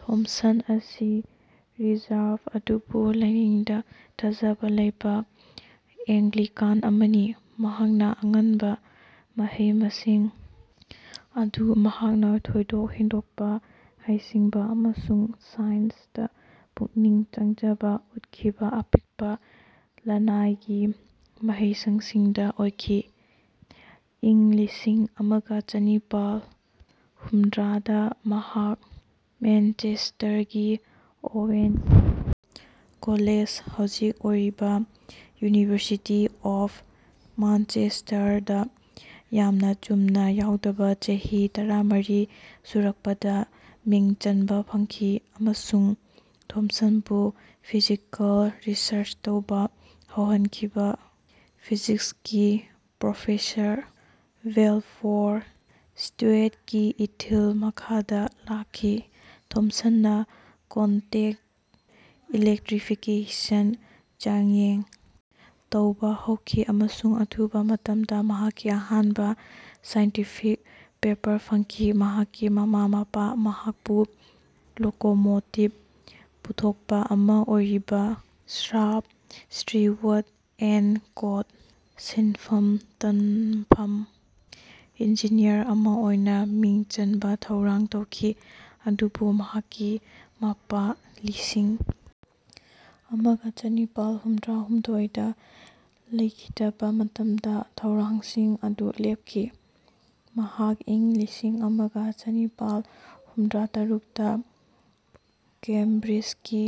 Thomson ꯑꯁꯤ reserve ꯑꯗꯨꯕꯨ ꯂꯥꯏꯅꯤꯡꯗ ꯊꯥꯖꯕ ꯂꯩꯕ ꯑꯦꯡꯒ꯭ꯂꯤꯀꯥꯟ ꯑꯃꯅꯤ꯫ ꯃꯍꯥꯛꯅ ꯑꯉꯟꯕ ꯃꯍꯩ-ꯃꯁꯤꯡ ꯑꯗꯨ ꯃꯍꯥꯛꯅ ꯊꯣꯏꯗꯣꯛ-ꯍꯦꯟꯗꯣꯛꯄ ꯍꯩꯁꯤꯡꯕ ꯑꯃꯁꯨꯡ ꯁꯥꯏꯟꯁꯇ ꯄꯨꯛꯅꯤꯡ ꯆꯪꯖꯕ ꯎꯠꯈꯤꯕ ꯑꯄꯤꯛꯄ ꯂꯅꯥꯏꯒꯤ ꯃꯍꯩꯁꯪꯁꯤꯡꯗ ꯑꯣꯏꯈꯤ꯫ ꯏꯪ ꯂꯤꯁꯤꯡ ꯑꯃꯒ ꯆꯅꯤꯄꯥꯜ ꯍꯨꯝꯗ꯭ꯔꯥꯗ ꯃꯍꯥꯛ ꯃꯦꯟꯆꯦꯁꯇꯔꯒꯤ ꯑꯣꯋꯦꯟꯁ ꯀꯣꯂꯦꯖ (ꯍꯧꯖꯤꯛ ꯑꯣꯏꯔꯤꯕ ꯌꯨꯅꯤꯚꯔꯁꯤꯇꯤ ꯑꯣꯐ ꯃꯥꯟꯆꯦꯁꯇꯔ) ꯗ ꯌꯥꯝꯅ ꯆꯨꯝꯅ ꯌꯥꯎꯗꯕ ꯆꯍꯤ ꯇꯔꯥꯃꯔꯤ ꯁꯨꯔꯛꯄꯗ ꯃꯤꯡ ꯆꯟꯕ ꯐꯪꯈꯤ ꯑꯃꯁꯨꯡ ꯊꯣꯝꯁꯟꯕꯨ ꯐꯤꯖꯤꯀꯦꯜ ꯔꯤꯁꯔ꯭ꯆ ꯇꯧꯕ ꯍꯧꯍꯟꯈꯤꯕ ꯐꯤꯖꯤꯛꯁꯀꯤ ꯄ꯭ꯔꯣꯐꯦꯁꯔ ꯕꯦꯜꯐꯣꯔ ꯁ꯭ꯇꯤꯋꯦꯠꯀꯤ ꯏꯊꯤꯜ ꯃꯈꯥꯗ ꯂꯥꯛꯈꯤ꯫ ꯊꯣꯝꯁꯟꯅ ꯀꯣꯟꯇꯦꯛ ꯏꯂꯦꯛꯇ꯭ꯔꯤꯐꯤꯀꯦꯁꯟꯗ ꯆꯥꯡꯌꯦꯡ ꯇꯧꯕ ꯍꯧꯈꯤ ꯑꯃꯁꯨꯡ ꯑꯊꯨꯕ ꯃꯇꯝꯗ ꯃꯍꯥꯛꯀꯤ ꯑꯍꯥꯟꯕ ꯁꯥꯏꯟꯇꯤꯐꯤꯛ ꯄꯦꯄꯔ ꯐꯪꯈꯤ꯫ ꯃꯍꯥꯛꯀꯤ ꯃꯃꯥ-ꯃꯄꯥꯅ ꯃꯍꯥꯛꯄꯨ ꯂꯣꯀꯣꯃꯣꯇꯤꯞ ꯄꯨꯊꯣꯛꯄ ꯑꯃ ꯑꯣꯏꯔꯤꯕ, ꯁꯔꯞ, ꯁ꯭ꯇꯤꯋꯥꯔꯠ ꯑꯦꯟꯗ ꯀꯣꯗ ꯁꯤꯟꯐꯝ ꯇꯟꯐꯝ ꯏꯟꯖꯤꯅꯤꯌꯔ ꯑꯃ ꯑꯣꯏꯅ ꯃꯤꯡ ꯆꯟꯕ ꯊꯧꯔꯥꯡ ꯇꯧꯈꯤ, ꯑꯗꯨꯕꯨ ꯃꯍꯥꯛꯀꯤ ꯃꯄꯥ ꯂꯤꯁꯤꯡ ꯑꯃꯒ ꯆꯅꯤꯄꯥꯜ ꯍꯨꯝꯗ꯭ꯔꯥꯍꯨꯝꯗꯣꯏꯗ ꯂꯩꯈꯤꯗꯕ ꯃꯇꯝꯗ ꯊꯧꯔꯥꯡꯁꯤꯡ ꯑꯗꯨ ꯂꯦꯞꯈꯤ꯫ ꯃꯍꯥꯛ ꯏꯪ ꯂꯤꯁꯤꯡ ꯑꯃꯒ ꯆꯅꯤꯄꯥꯜ ꯍꯨꯝꯗ꯭ꯔꯥꯇꯔꯨꯛꯗ ꯀꯦꯝꯕ꯭ꯔꯤꯖꯀꯤ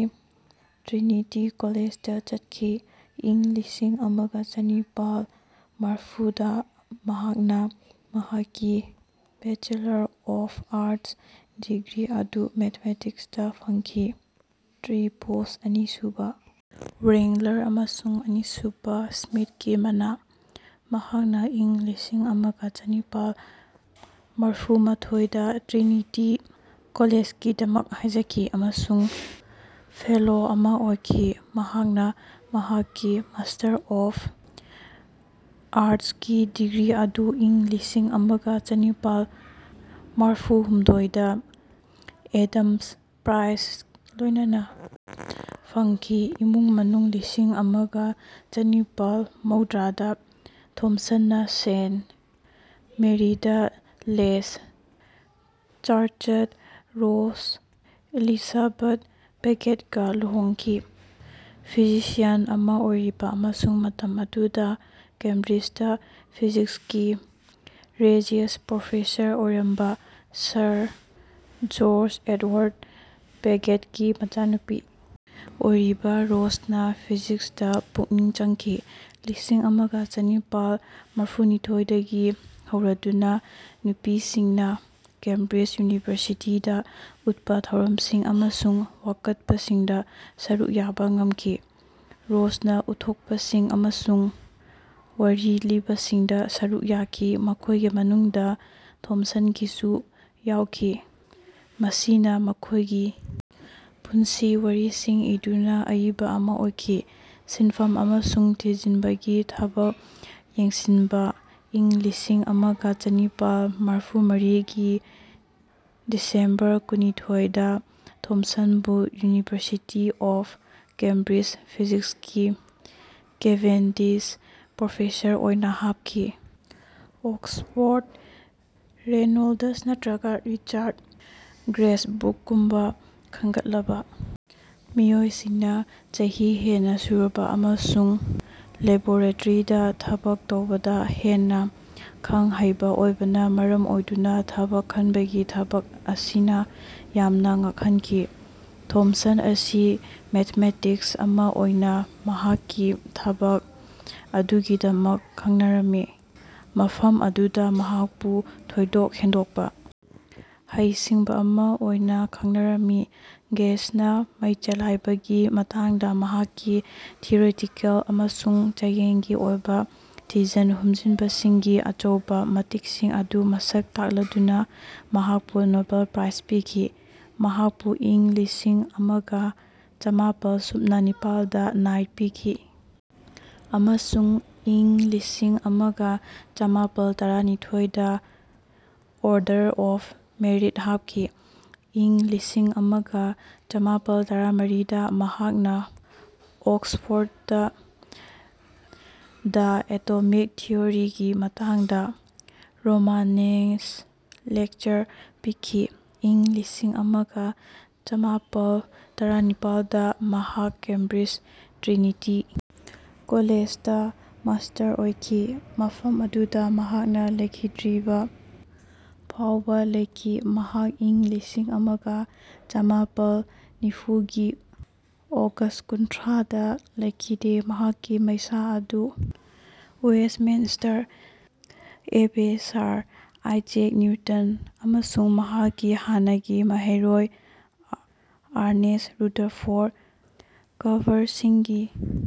ꯇ꯭ꯔꯤꯅꯤꯇꯤ ꯀꯣꯂꯦꯖꯗ ꯆꯠꯈꯤ꯫ ꯏꯪ ꯂꯤꯁꯤꯡ ꯑꯃꯒ ꯆꯅꯤꯄꯥꯜ ꯃꯔꯐꯨꯗ ꯃꯍꯥꯛꯅ ꯃꯍꯥꯛꯀꯤ ꯕꯦꯆꯦꯂꯔ ꯑꯣꯐ ꯑꯥꯔꯠꯁ ꯗꯤꯒ꯭ꯔꯤ ꯑꯗꯨ ꯃꯦꯊꯃꯦꯇꯤꯛꯁꯇ ꯐꯪꯈꯤ(ꯇ꯭ꯔꯤꯄꯣꯁ ꯑꯅꯤꯁꯨꯕ ꯋ꯭ꯔꯦꯡꯂꯔ ꯑꯃꯁꯨꯡ ꯑꯅꯤꯁꯨꯕ ꯁ꯭ꯃꯤꯊꯀꯤ ꯃꯅꯥ)꯫ ꯃꯍꯥꯛꯅ ꯏꯪ ꯂꯤꯁꯤꯡ ꯑꯃꯒ ꯆꯅꯤꯄꯥꯜ ꯃꯔꯐꯨꯃꯥꯊꯣꯏꯗ ꯇ꯭ꯔꯤꯅꯤꯇꯤ ꯀꯣꯂꯦꯖꯒꯤꯗꯃꯛ ꯍꯥꯏꯖꯈꯤ ꯑꯃꯁꯨꯡ ꯐꯦꯂꯣ ꯑꯃ ꯑꯣꯏꯈꯤ꯫ ꯃꯍꯥꯛꯅ ꯃꯍꯥꯛꯀꯤ ꯃꯥꯁꯇꯔ ꯑꯣꯐ ꯑꯥꯔꯠꯁꯀꯤ ꯗꯤꯒ꯭ꯔꯤ ꯑꯗꯨ ꯏꯪ ꯂꯤꯁꯤꯡ ꯑꯃꯒ ꯆꯅꯤꯄꯥꯜ ꯃꯔꯐꯨꯍꯨꯝꯗꯣꯏꯗ ꯑꯦꯗꯝꯁ ꯄ꯭ꯔꯥꯏꯖ ꯂꯣꯏꯅꯅ ꯐꯪꯈꯤ꯫ ꯏꯃꯨꯡ ꯃꯅꯨꯡ ꯂꯤꯁꯤꯡ ꯑꯃꯒ ꯆꯅꯤꯄꯥꯜ ꯃꯧꯗ꯭ꯔꯥꯗ ꯊꯣꯝꯁꯟꯅ ꯁꯦꯟꯠ ꯃꯦꯔꯤ ꯗ ꯂꯦꯁ ꯆꯔꯆꯇ ꯔꯣꯖ ꯏꯂꯤꯁꯥꯕꯠ ꯄꯦꯒꯦꯠꯒ ꯂꯨꯍꯣꯡꯈꯤ꯫ ꯐꯤꯖꯤꯛꯁꯤꯌꯟ ꯑꯃ ꯑꯣꯏꯔꯤꯕ ꯑꯃꯁꯨꯡ ꯃꯇꯝ ꯑꯗꯨꯗ ꯀꯦꯝꯕ꯭ꯔꯤꯖꯇ ꯐꯤꯖꯤꯛꯁꯀꯤ ꯔꯦꯖꯤꯌꯁ ꯄ꯭ꯔꯣꯐꯦꯁꯔ ꯑꯣꯏꯔꯝꯕ ꯁꯔ ꯖꯣꯔ꯭ꯖ ꯑꯦꯗꯋꯥꯔ꯭ꯗ ꯄꯦꯒꯦꯠꯀꯤ ꯃꯆꯥꯅꯨꯄꯤ ꯑꯣꯏꯔꯤꯕ ꯔꯣꯖꯅ ꯐꯤꯖꯤꯛꯁꯇ ꯄꯨꯛꯅꯤꯡ ꯆꯪꯈꯤ꯫ ꯂꯤꯁꯤꯡ ꯑꯃꯒ ꯆꯅꯤꯄꯥꯜ ꯃꯔꯐꯨꯅꯤꯊꯣꯏꯗꯒꯤ ꯍꯧꯔꯗꯨꯅ ꯅꯨꯄꯤꯁꯤꯡꯅ ꯀꯦꯝꯕ꯭ꯔꯤꯖ ꯌꯨꯅꯤꯚꯔꯁꯤꯇꯤꯗ ꯎꯠꯄ ꯊꯧꯔꯝꯁꯤꯡ ꯑꯃꯁꯨꯡ ꯋꯥꯀꯠꯄꯁꯤꯡꯗ ꯁꯔꯨꯛ ꯌꯥꯕ ꯉꯝꯈꯤ꯫ ꯔꯣꯖꯅ ꯎꯠꯊꯣꯛꯄꯁꯤꯡ ꯑꯃꯁꯨꯡ ꯋꯥꯔꯤ ꯂꯤꯕꯁꯤꯡꯗ ꯁꯔꯨꯛ ꯌꯥꯈꯤ, ꯃꯈꯣꯏꯒꯤ ꯃꯅꯨꯡꯗ ꯊꯣꯝꯁꯟꯒꯤꯁꯨ ꯌꯥꯎꯈꯤ, ꯃꯁꯤꯅ ꯃꯈꯣꯏꯒꯤ ꯄꯨꯟꯁꯤ ꯋꯥꯔꯤꯁꯤꯡ ꯏꯗꯨꯅ ꯑꯏꯕ ꯑꯃ ꯑꯣꯏꯈꯤ꯫ ꯁꯤꯟꯐꯝ ꯑꯃꯁꯨꯡ ꯊꯤꯖꯤꯟꯕꯒꯤ ꯊꯕꯛ ꯌꯦꯡꯁꯤꯟꯕ ꯏꯪ ꯂꯤꯁꯤꯡ ꯑꯃꯒ ꯆꯅꯤꯄꯥꯜ ꯃꯔꯐꯨꯃꯔꯤꯒꯤ ꯗꯤꯁꯦꯝꯕꯔ ꯀꯨꯟꯅꯤꯊꯣꯏꯗ ꯊꯣꯝꯁꯟꯕꯨ ꯌꯨꯅꯤꯚꯔꯁꯤꯇꯤ ꯑꯣꯐ ꯀꯦꯝꯕ꯭ꯔꯤꯖ ꯐꯤꯖꯤꯛꯁꯀꯤ ꯀꯦꯚꯦꯟꯗꯤꯁ ꯄ꯭ꯔꯣꯐꯦꯁꯔ ꯑꯣꯏꯅ ꯍꯥꯞꯈꯤ꯫ ꯑꯣꯛꯁꯕꯣꯔꯗ ꯔꯦꯅꯣꯜꯗꯁ ꯅꯠꯇ꯭ꯔꯒ ꯔꯤꯆꯥ꯭ꯔꯠ ꯒ꯭ꯔꯦꯖꯕꯨꯛꯀꯨꯝꯕ ꯈꯟꯒꯠꯂꯕ ꯃꯤꯑꯣꯏꯁꯤꯡꯅ ꯆꯍꯤ ꯍꯦꯟꯅ ꯁꯨꯔꯕ ꯑꯃꯁꯨꯡ ꯂꯦꯕꯣꯔꯦꯇ꯭ꯔꯤꯗ ꯊꯕꯛ ꯇꯧꯕꯗ ꯍꯦꯟꯅ ꯈꯪ-ꯍꯩꯕ ꯑꯣꯏꯕꯅ ꯃꯔꯝ ꯑꯣꯏꯗꯨꯅ ꯊꯕꯛ ꯈꯟꯕꯒꯤ ꯊꯕꯛ ꯑꯁꯤꯅ ꯌꯥꯝꯅ ꯉꯛꯍꯟꯈꯤ꯫ ꯊꯣꯝꯁꯟ ꯑꯁꯤ ꯃꯦꯊꯥꯃꯦꯇꯤꯁ ꯑꯃ ꯑꯣꯏꯅ ꯃꯍꯥꯛꯀꯤ ꯊꯕꯛ ꯑꯗꯨꯒꯤꯗꯃꯛ ꯈꯪꯅꯔꯝꯃꯤ, ꯃꯐꯝ ꯑꯗꯨꯗ ꯃꯍꯥꯛꯄꯨ ꯊꯣꯏꯗꯣꯛ ꯍꯦꯟꯗꯣꯛꯄ ꯍꯩꯁꯤꯡꯕ ꯑꯃ ꯑꯣꯏꯅ ꯈꯪꯅꯔꯝꯃꯤ꯫ "ꯒꯦꯁꯅ ꯃꯩ ꯆꯂꯥꯏꯕꯒꯤ ꯃꯇꯥꯡꯗ ꯃꯍꯥꯛꯀꯤ ꯊꯤꯑꯣꯔꯤꯇꯤꯀꯦꯜ ꯑꯃꯁꯨꯡ ꯆꯥꯡꯌꯦꯡꯒꯤ ꯑꯣꯏꯕ ꯊꯤꯖꯟ ꯍꯨꯝꯖꯟꯕꯁꯤꯡꯒꯤ ꯑꯆꯧꯕ ꯃꯇꯤꯛꯁꯤꯡ ꯑꯗꯨ ꯃꯁꯛ ꯇꯥꯛꯂꯗꯨꯅ" ꯃꯍꯥꯛꯄꯨ ꯅꯣꯕꯦꯜ ꯄ꯭ꯔꯥꯏꯖ ꯄꯤꯈꯤ꯫ ꯃꯍꯥꯛꯄꯨ ꯏꯪ ꯂꯤꯁꯤꯡ ꯑꯃꯒ ꯆꯃꯥꯄꯜ ꯁꯨꯞꯅ ꯅꯤꯄꯥꯜꯗ ꯅꯥꯏꯠ ꯄꯤꯈꯤ ꯑꯃꯁꯨꯡ ꯏꯪ ꯂꯤꯁꯤꯡ ꯑꯃꯒ ꯆꯃꯥꯄꯜ ꯇꯔꯥꯅꯤꯊꯣꯏꯗ ꯑꯣꯔꯗꯔ ꯑꯣꯐ ꯃꯦꯔꯤꯠ ꯍꯥꯞꯈꯤ꯫ ꯏꯪ ꯂꯤꯁꯤꯡ ꯑꯃꯒ ꯆꯃꯥꯄꯜ ꯇꯔꯥꯃꯔꯤꯗ ꯃꯍꯥꯛꯅ ꯑꯣꯛ꯭ꯁꯐꯣꯔ꯭ꯗꯇ "ꯗ ꯑꯦꯇꯣꯃꯤꯛ ꯊꯤꯑꯣꯔꯤ" ꯒꯤ ꯃꯇꯥꯡꯗ ꯔꯣꯃꯥꯅꯦꯁ ꯂꯦꯛꯆꯔ ꯄꯤꯈꯤ꯫ ꯏꯪ ꯂꯤꯁꯤꯡ ꯑꯃꯒ ꯆꯃꯥꯄꯜ ꯇꯔꯥꯅꯤꯄꯥꯜꯗ ꯃꯍꯥꯛ ꯀꯦꯝꯕ꯭ꯔꯤꯖ ꯇ꯭ꯔꯤꯅꯤꯇꯤ ꯀꯣꯂꯦꯖꯇ ꯃꯥꯁꯇꯔ ꯑꯣꯏꯈꯤ, ꯃꯐꯝ ꯑꯗꯨꯗ ꯃꯍꯥꯛꯅ ꯂꯩꯈꯤꯗ꯭ꯔꯤꯕ ꯐꯥꯎꯕ ꯂꯩꯈꯤ꯫ ꯃꯍꯥꯛ ꯏꯪ ꯂꯤꯁꯤꯡ ꯑꯃꯒ ꯆꯃꯥꯄꯜ ꯅꯤꯐꯨꯒꯤ ꯑꯣꯒꯁ ꯀꯨꯟꯊ꯭ꯔꯥꯗ ꯂꯩꯈꯤꯗꯦ, ꯃꯍꯥꯛꯀꯤ ꯃꯩꯁꯥ ꯑꯗꯨ Westminster Abbey, sir Isaac Newton ꯑꯃꯁꯨꯡ ꯃꯍꯥꯛꯀꯤ ꯍꯥꯟꯅꯒꯤ ꯃꯍꯩꯔꯣꯏ ꯑꯔꯅꯦꯁ ꯔꯨꯗꯔꯐꯣꯔꯠ ꯀꯕꯔꯁꯤꯡꯒꯤ